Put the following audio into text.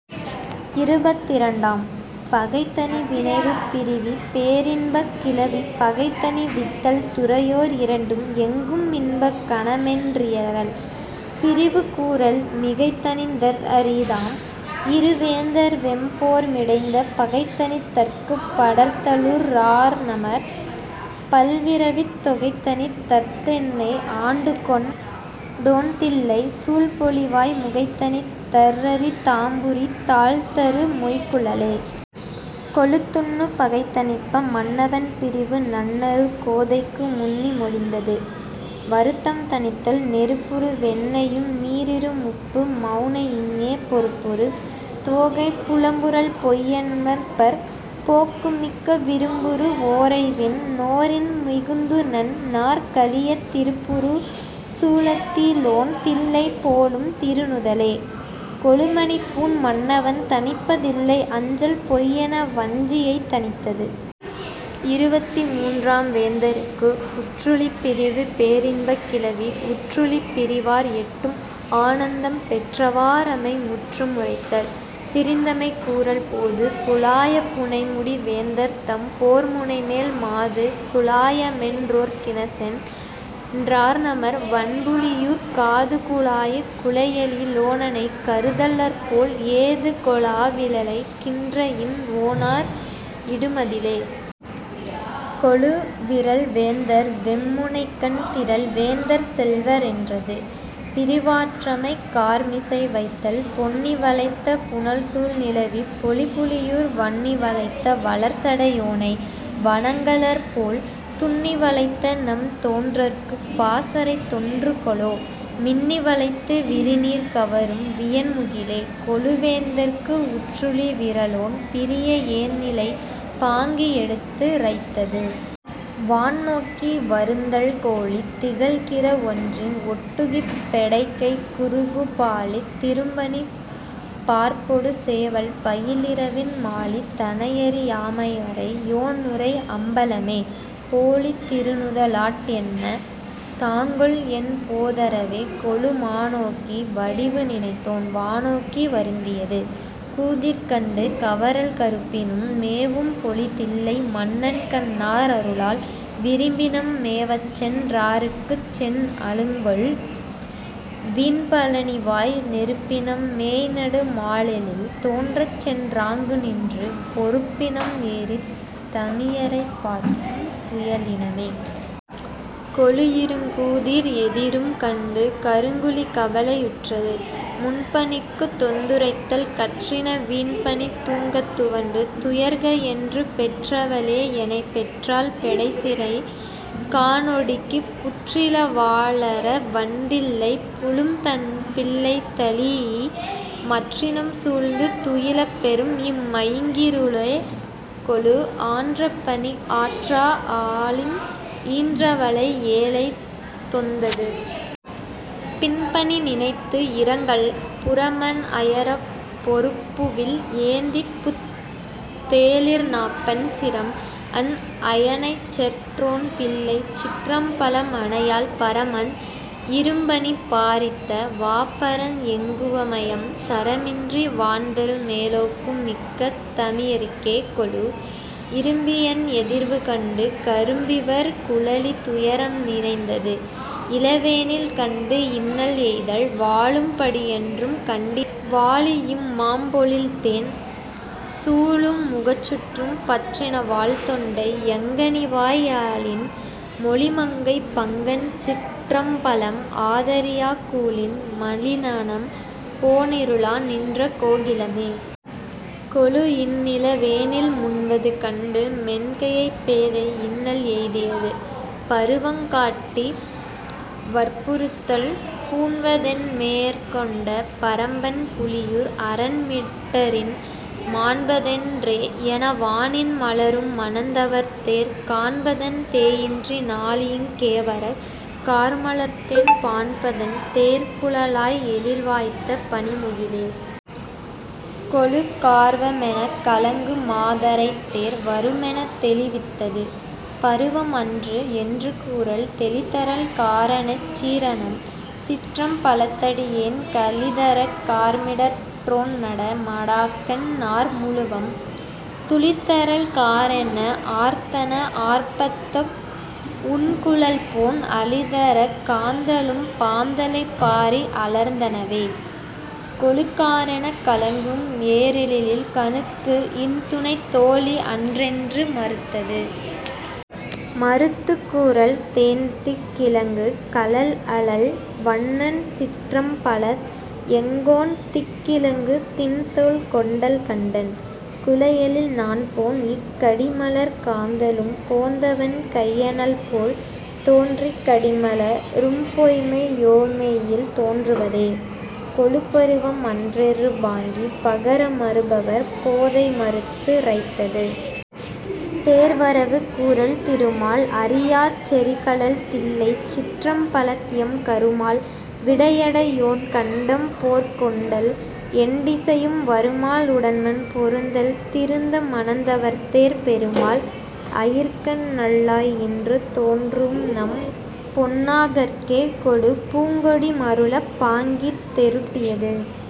இருபத்திரண்டாம். பகை தணி வினைப் பிரிவு பேரின்பக் கிளவி பகைதணி வித்தல் துறையோர் இரண்டும் எங்கும் இன்பக் கனமென் றியறல்.. பிரிவு கூறல் மிகைதணித் தற்அரி தாம்இரு வேந்தர்வெம் போர்மிடைந்த பகைதணித் தற்குப் படர்தலுற் றார்நமர் பல்பிறவித் தொகைதணித் தற்என்னை ஆண்டுகொண் டோன்தில்லைச் சூழ்பொழில்வாய் முகைதணித் தற்அரி தாம்புரி தாழ்தரு மொய்குழலே.... கொளு துன்னு பகை தணிப்ப மன்னவன் பிரிவு நன்னறுங் கோதைக்கு முன்னி மொழிந்தது.. வருத்தம் தணித்தல் நெருப்புறு வெண்ணெயும் நீருறும் உப்பு மெனஇங்ஙனே பொருப்புறு தோகை புலம்புறல் பொய்யன்பர் போக்குமிக்க விருப்புறு வோரைவிண் ணோரின் மிகுத்துநண் ணார்கழியத் திருப்புறு சூலத்தி னோன்தில்லை போலும் திருநுதலே.... கொளு மணிப்பூண் மன்னவன் தணப்ப தில்லை அஞ்சல் பொய்யென வஞ்சியைத் தணித்தது. இருபத்திமூன்றாம். வேந்தற்கு உற்றுழிப் பிரிவு பேரின்பக் கிளவி உற்றுழிப் பிரிவார் எட்டும் ஆனந்தம் பெற்றவா ராமை முற்றும் உரைத்தல்.. பிரிந்தமை கூறல் போது குலாய புனைமுடி வேந்தர்தம் போர்முனைமேல் மாது குலாயமென் னோர்க்கிசென் றார்நமர் வண்புலியூர்க் காதுகுலாய குழைஎழி லோனைக் கருதலர்போல் ஏதுகொ லாவிளை கின்றஇன் ஒன்னார் இடுமதிலே.... கொளு விறல்வேந்தர் வெம்முணைக்கண் திறல் வேந்தர் செல்வர் என்றது.. பிரிவாற்றாமை கார்மிசை வைத்தல் பொன்னி வளைத்த புனல்சூழ் நிலவிப் பொலிபுலியூர் வன்னி வளைத்த வளர்சடை யோனை வணங்கலர்போல்। துன்னி வளைத்தநம் தோன்றற்குப் பாசறை தோன்றுங் கொலோ மின்னி வளைத்து விரிநீர் கவரும் வியன்முகிலே.... கொளு வேந்தற்கு உற்றுழி விறலோன் பிரிய ஏந்திழை பாங்கிக் எடுத்து ரைத்தது.. வான் நோக்கி வருந்தல் கோலித் திகழ்கிற ஒன்றின் ஒடுக்கிப் பெடைக் குருகு பாலித் திரும்பனி பார்ப்பொடு சேவல் பயில்இரவின் மாலித் தனையறி யாமறை யோன்உறை அம்பலமே போலித் திருநுத லாட்என்ன தாங்கொல்என் போதரவே.... கொளு மானோக்கி வடிவு நினைத்தோன் வானோக்கி வருந்தியது.. கூதிர் கண்டு கவறல் கருப்பினம் மேவும் பொழில்தில்லை மன்னன்கண் ணார்அருளால் விருப்பினம் மேவச்சென் றார்க்கும்சென் அல்குங்கொல் வீழ்பனிவாய் நெருப்பினம் மேய்நடு மால்எழில் தோன்றச்சென் றாங்குநின்ற பொருப்பினம் ஏறித் தமியரைப் பார்க்கும் புயலினமே.... கொளு இருங்கூதிர் எதிர்வு கண்டு கருங்குழலி கவலை யுற்றது.. முன் பனிக்கு நொந்துரைத்தல் கற்றின வீழ்பனி தூங்கத் துவண்டு துயர்கஎன்று பெற்றவ ளேஎனைப் பெற்றாள் பெடைசிற கான்ஒடுக்கிப் புற்றில வாளர வன்தில்லைப் புள்ளும்தம் பிள்ளைதழீஇ மற்றினம் சூழ்ந்து துயிலப் பெறும்இம் மயங்கிருளே.... கொளு ஆன்றபனிக் ஆற்றா அழிந் ஈன்றவளை ஏழை நொந்தது.. பின்பனி நினைந்து இரங்கல் புரமன் அயரப் பொருப்புவில் ஏந்திப் புத் தேளிர்நாப்பண் சிரம்அன் அயனைச்செற் றோன்தில்லைச் சிற்றம்பலம்அனையாள் பரம்அன் இரும்பனி பாரித்த வாபரந் எங்கும்வையம் சரமின்றி வான்தரு மேலாக்கும் மிக்க தமியருக்கே.... கொளு இரும்பனியின் எதிர்வு கண்டு கரும்பிவர் குழலி துயரம் நினைந்தது.. இளவேனில் கண்டு இன்னல் எய்தல் வாழும் படியன்றும் கண்டிலம் வாழிஇம் மாம்பொழில்தேன் சூழும் முகச்சுற்றும் பற்றின வால்தொண்டை யங்கனிவாய் யாழின் மொழிமங்கை பங்கன்சிற் றம்பலம் ஆதரியாக் கூழின் மலிமனம் போன்இருளா நின்ற கோகிலமே.... கொளு இன்னிள வேனில் முன்னுவது கண்டு மென்னகைப் பேதை இன்னல் எய்தியது.. பருவங் காட்டி வற்புறுத்தல் பூண்பதென் றேகொண்ட பரம்பன் புலியூர் அரன் மிடற்றின் மாண்பதென் றேஎன வானின் மலரும் மணந்தவர்தேர் காண்பதன் றேயின்று நாளையிங் கேவரக் கார்மலர்த்தேன் பாண்பதன் தேர்குழ லாய்எழில் வாய்த்த பனிமுகிலே.... கொளு கார்வருமெனக் கலங்கு மாதரைத் தேர் வருமெனத் தெளிவித்தது.. பருவம் அன்று என்று கூறல் தெளிதரல் காரெனச் சீர்அனம் சிற்றம் பலத்தடியேன் களிதரக் கார்மிடற் றோன்நட மாடக்கண் ணார்முழவம் துளிதரல் காரென ஆர்த்தன ஆர்ப்பத்தொக் உன்குழல்போன் அளிதரக் காந்தளும் பாந்தளைப் பாரித் அலர்ந்தனவே.... கொளு காரெனக் கலங்கும் ஏரெழில் கண்ணிக்கு இன்துணைத் தோழி அன்றென்று மறுத்தது.. மறுத்துக் கூறல் தேன்திக் இலங்கு கழல்அழல் வண்ணன்சிற் றம்பலத்எங் கோன்திக் இலங்குதிண் தோள் கொண்டல் கண்டன் குழைஎழில்நாண் போன்இக் கடிமலர்க் காந்தளும் போந்தவன் கையனல் போல் தோன்றிக் கடிமல ரும்பொய்ம்மை யோமெய்யில் தோன்றுவதே.... கொளு பருவம் அன்றென்று பாங்கி பகர மருவமர் கோதை மறுத்து ரைத்தது.. தேர் வரவு கூறல் திருமால் அறியாச் செறிகழல் தில்லைச் சிற்றம்பலத்எம் கருமால் விடையடை யோன்கண்டம் போற்கொண்டல் எண்டிசையும் வருமால் உடன்மன் பொருந்தல் திருந்த மணந்தவர்தேர் பொருமால் அயிற்கண்நல் லாய்இன்று தோன்றும்நம் பொன்னாகர்க்கே.... கொளு பூங்கொடி மருளப் பாங்கி தெருட்டியது.